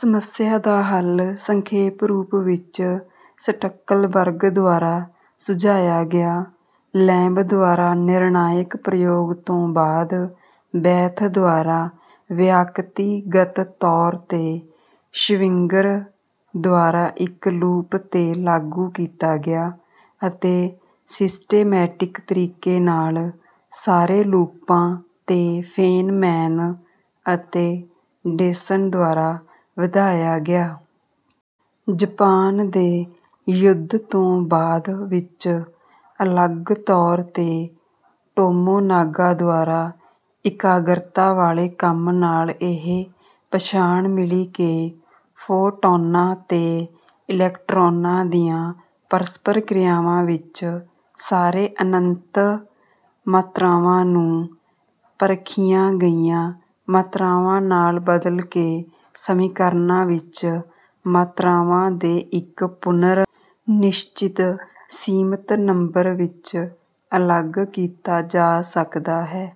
ਸਮੱਸਿਆ ਦਾ ਹੱਲ ਸੰਖੇਪ ਰੂਪ ਵਿੱਚ ਸਟੱਕਲਬਰਗ ਦੁਆਰਾ ਸੁਝਾਇਆ ਗਿਆ। ਲੈਂਬ ਦੁਆਰਾ ਨਿਰਣਾਇਕ ਪ੍ਰਯੋਗ ਤੋਂ ਬਾਅਦ ਬੈਥ ਦੁਆਰਾ ਵਿਆਕਤੀਗਤ ਤੌਰ ਤੇ ਸ਼ਵਿੰਗਰ ਦੁਆਰਾ ਇੱਕ ਲੂਪ ਤੇ ਲਾਗੂ ਕੀਤਾ ਗਿਆ। ਅਤੇ ਸਿਸਟੇਮੈਟਿਕ ਤਰੀਕੇ ਨਾਲ ਸਾਰੇ ਲੂਪਾਂ ਤੇ ਫੇਨਮੈਨ ਅਤੇ ਡੇਸਨ ਦੁਆਰਾ ਵਧਾਇਆ ਗਿਆ। ਜਪਾਨ ਦੇ ਯੁੱਧ ਤੋਂ ਬਾਅਦ ਵਿੱਚ ਅਲੱਗ ਤੌਰ ਤੇ ਟੋਮੋਨਾਗਾ ਦੁਆਰਾ ਇਕਾਗਰਤਾ ਵਾਲੇ ਕੰਮ ਨਾਲ ਇਹ ਪਛਾਣ ਮਿਲੀ ਕਿ ਫੋਟੌਨਾਂ ਤੇ ਇਲੈਕਟ੍ਰੋਨਾਂ ਦੀਆਂ ਪਰਸਪਰ ਕ੍ਰਿਆਵਾਂ ਵਿੱਚ ਸਾਰੇ ਅਨੰਤ ਮਾਤਰਾਵਾਂ ਨੂੰ ਪਰਖੀਆਂ ਗਈਆਂ ਮਾਤਰਾਵਾਂ ਨਾਲ ਬਦਲ ਕੇ ਸਮੀਕਰਨਾਂ ਵਿੱਚ ਮਾਤਰਾਵਾਂ ਦੇ ਇੱਕ ਪੁਨਰ-ਨਿਸ਼ਚਿਤ ਸੀਮਤ ਨੰਬਰ ਵਿੱਚ ਅਲੱਗ ਕੀਤਾ ਜਾ ਸਕਦਾ ਹੈ।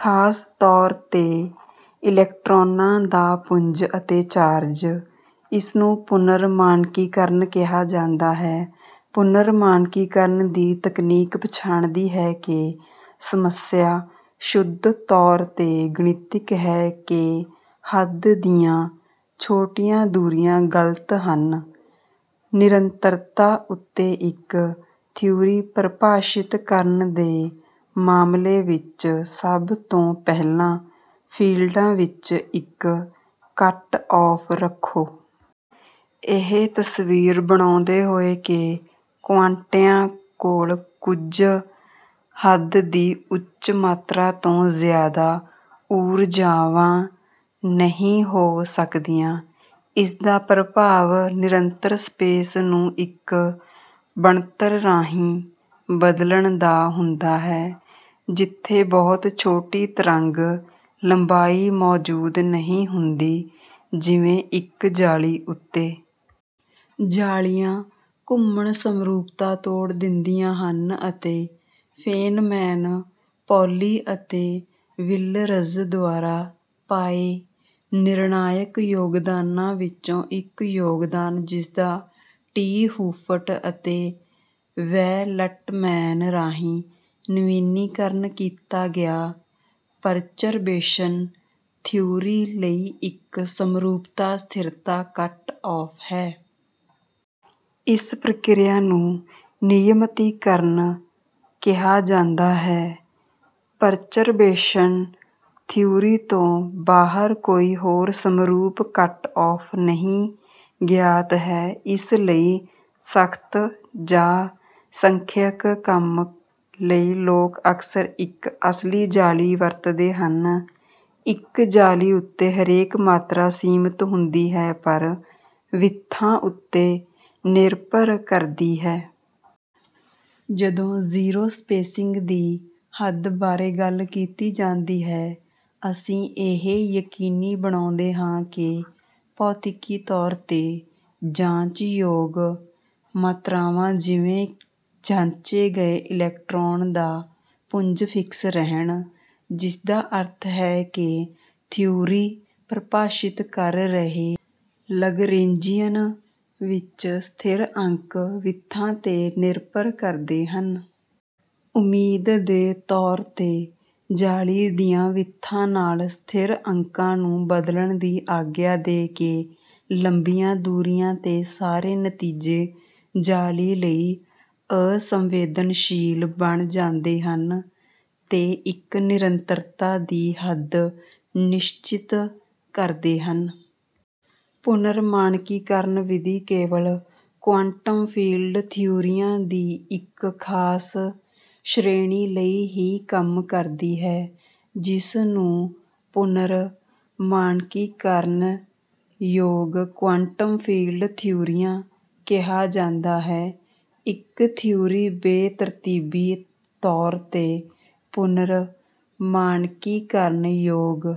ਖਾਸ ਤੌਰ ਤੇ ਇਲੈਕਟ੍ਰੌਨਾਂ ਦਾ ਪੁੰਜ ਅਤੇ ਚਾਰਜ। ਇਸਨੂੰ ਪੁਨਰ-ਮਾਨਕੀਕਰਨ ਕਿਹਾ ਜਾਂਦਾ ਹੈ। ਪੁਨਰ-ਮਾਨਕੀਕਰਨ ਦੀ ਤਕਨੀਕ ਪਛਾਣਦੀ ਹੈ ਕਿ ਸਮੱਸਿਆ ਸ਼ੁੱਧ ਤੌਰ ਤੇ ਗਣਿਤਿਕ ਹੈ ਕਿ ਹੱਦ ਦੀਆਂ ਛੋਟੀਆਂ ਦੂਰੀਆਂ ਗਲਤ ਹਨ। ਨਿਰੰਤਰਤਾ ਉੱਤੇ ਇੱਕ ਥਿਊਰੀ ਪਰਿਭਾਸ਼ਿਤ ਕਰਨ ਦੇ ਮਾਮਲੇ ਵਿੱਚ ਸਭ ਤੋਂ ਪਹਿਲਾਂ ਫੀਲਡਾਂ ਵਿੱਚ ਇੱਕ ਕੱਟ-ਔਫ ਰੱਖੋ। ਇਹ ਤਸਵੀਰ ਬਣਾਉਂਦੇ ਹੋਏ ਕਿ ਕੁਆਂਟਿਆਂ ਕੋਲ ਕੁੱਝ ਹੱਦ ਦੀ ਉੱਚ ਮਾਤਰਾ ਤੋਂ ਜ਼ਿਆਦਾ ਊਰਜਾਵਾਂ ਨਹੀਂ ਹੋ ਸਕਦੀਆਂ। ਇਸਦਾ ਪ੍ਰਭਾਵ ਨਿਰੰਤਰ ਸਪੇਸ ਨੂੰ ਇੱਕ ਬਣਤਰ ਰਾਹੀਂ ਬਦਲਣ ਦਾ ਹੁੰਦਾ ਹੈ ਜਿੱਥੇ ਬਹੁਤ ਛੋਟੀ ਤਰੰਗ ਲੰਬਾਈ ਮੌਜੂਦ ਨਹੀਂ ਹੁੰਦੀ ਜਿਵੇਂ ਇੱਕ ਜਾਲੀ ਉੱਤੇ। ਜਾਲੀਆਂ ਘੁੰਮਣ ਸਮਰੂਪਤਾ ਤੋੜ ਦਿੰਦੀਆਂ ਹਨ। ਅਤੇ ਫੇਨਮੈਨ ਪੌਲੀ ਅਤੇ ਵਿੱਲਰਜ਼ ਦੁਆਰਾ ਪਾਏ ਨਿਰਣਾਇਕ ਯੋਗਦਾਨਾਂ ਵਿੱਚੋਂ ਇੱਕ ਯੋਗਦਾਨ ਜਿਸਦਾ 'ਟੀ' ਹੂਫਟ ਅਤੇ ਵੈਲੱਟਮੈਨ ਰਾਹੀਂ ਨਵੀਨੀਕਰਨ ਕੀਤਾ ਗਿਆ ਪਰਚਰਬੇਸ਼ਨ ਥਿਊਰੀ ਲਈ ਇੱਕ ਸਮਰੂਪਤਾ ਸਥਿਰਤਾ ਕੱਟ-ਔਫ ਹੈ। ਇਸ ਪ੍ਰਕ੍ਰਿਆ ਨੂੰ ਨਿਯਮਤੀਕਰਨ ਕਿਹਾ ਜਾਂਦਾ ਹੈ। ਪਰਚਰਬੇਸ਼ਨ ਥਿਊਰੀ ਤੋਂ ਬਾਹਰ ਕੋਈ ਹੋਰ ਸਮਰੂਪ ਕੱਟ-ਔਫ ਨਹੀਂ ਗਿਆਤ ਹੈ ਇਸ ਲਈ ਸਖਤ ਜਾਂ ਸੰਖਿਅਕ ਕੰਮ ਲਈ ਲੋਕ ਅਕਸਰ ਇੱਕ ਅਸਲੀ ਜਾਲੀ ਵਰਤਦੇ ਹਨ। ਇੱਕ ਜਾਲੀ ਉੱਤੇ ਹਰੇਕ ਮਾਤਰਾ ਸੀਮਤ ਹੁੰਦੀ ਹੈ ਪਰ ਵਿੱਥਾਂ ਉੱਤੇ ਨਿਰਭਰ ਕਰਦੀ ਹੈ। ਜਦੋਂ ਜ਼ੀਰੋ ਸਪੇਸਿੰਗ ਦੀ ਹੱਦ ਬਾਰੇ ਗੱਲ ਕੀਤੀ ਜਾਂਦੀ ਹੈ ਅਸੀਂ ਇਹ ਯਕੀਨੀ ਬਣਾਉਂਦੇ ਹਾਂ ਕਿ ਭੌਤਿਕੀ ਤੌਰ ਤੇ ਜਾਂਚਯੋਗ ਮਾਤਰਾਵਾਂ ਜਿਵੇਂ ਜਾਂਚੇ ਗਏ ਇਲੈਕਟ੍ਰੌਨ ਦਾ ਪੁੰਜ ਫਿਕਸ ਰਹਿਣ। ਜਿਸਦਾ ਅਰਥ ਹੈ ਕਿ ਥਿਊਰੀ ਪਰਿਭਾਸ਼ਿਤ ਕਰ ਰਹੇ ਲਗਰੇਂਜੀਅਨ ਵਿੱਚ ਸਥਿਰ ਅੰਕ ਵਿੱਥਾਂ ਤੇ ਨਿਰਭਰ ਕਰਦੇ ਹਨ। ਉਮੀਦ ਦੇ ਤੌਰ ਤੇ ਜਾਲੀ ਦੀਆਂ ਵਿੱਥਾਂ ਨਾਲ ਸਥਿਰ ਅੰਕਾਂ ਨੂੰ ਬਦਲਣ ਦੀ ਆਗਿਆ ਦੇ ਕੇ ਲੰਬੀਆਂ ਦੂਰੀਆਂ ਤੇ ਸਾਰੇ ਨਤੀਜੇ ਜਾਲੀ ਲਈ ਅਸੰਵੇਦਨਸ਼ੀਲ ਬਣ ਜਾਂਦੇ ਹਨ ਤੇ ਇੱਕ ਨਿਰੰਤਰਤਾ ਦੀ ਹੱਦ ਨਿਸ਼ਚਿਤ ਕਰਦੇ ਹਨ। ਪੁਨਰ-ਮਾਨਕੀਕਰਨ ਵਿਧੀ ਕੇਵਲ ਕੁਆਂਟਮ ਫੀਲਡ ਥਿਊਰੀਆਂ ਦੀ ਇੱਕ ਖਾਸ ਸ਼੍ਰੇਣੀ ਲਈ ਹੀ ਕੰਮ ਕਰਦੀ ਹੈ ਜਿਸ ਨੂੰ ਪੁਨਰ-ਮਾਨਕੀਕਰਨਯੋਗ ਕੁਆਂਟਮ ਫੀਲਡ ਥਿਊਰੀਆਂ ਕਿਹਾ ਜਾਂਦਾ ਹੈ। ਇੱਕ ਥਿਊਰੀ ਬੇਤਰਤੀਬੀ ਤੌਰ ਤੇ ਪੁਨਰ-ਮਾਨਕੀਕਰਨਯੋਗ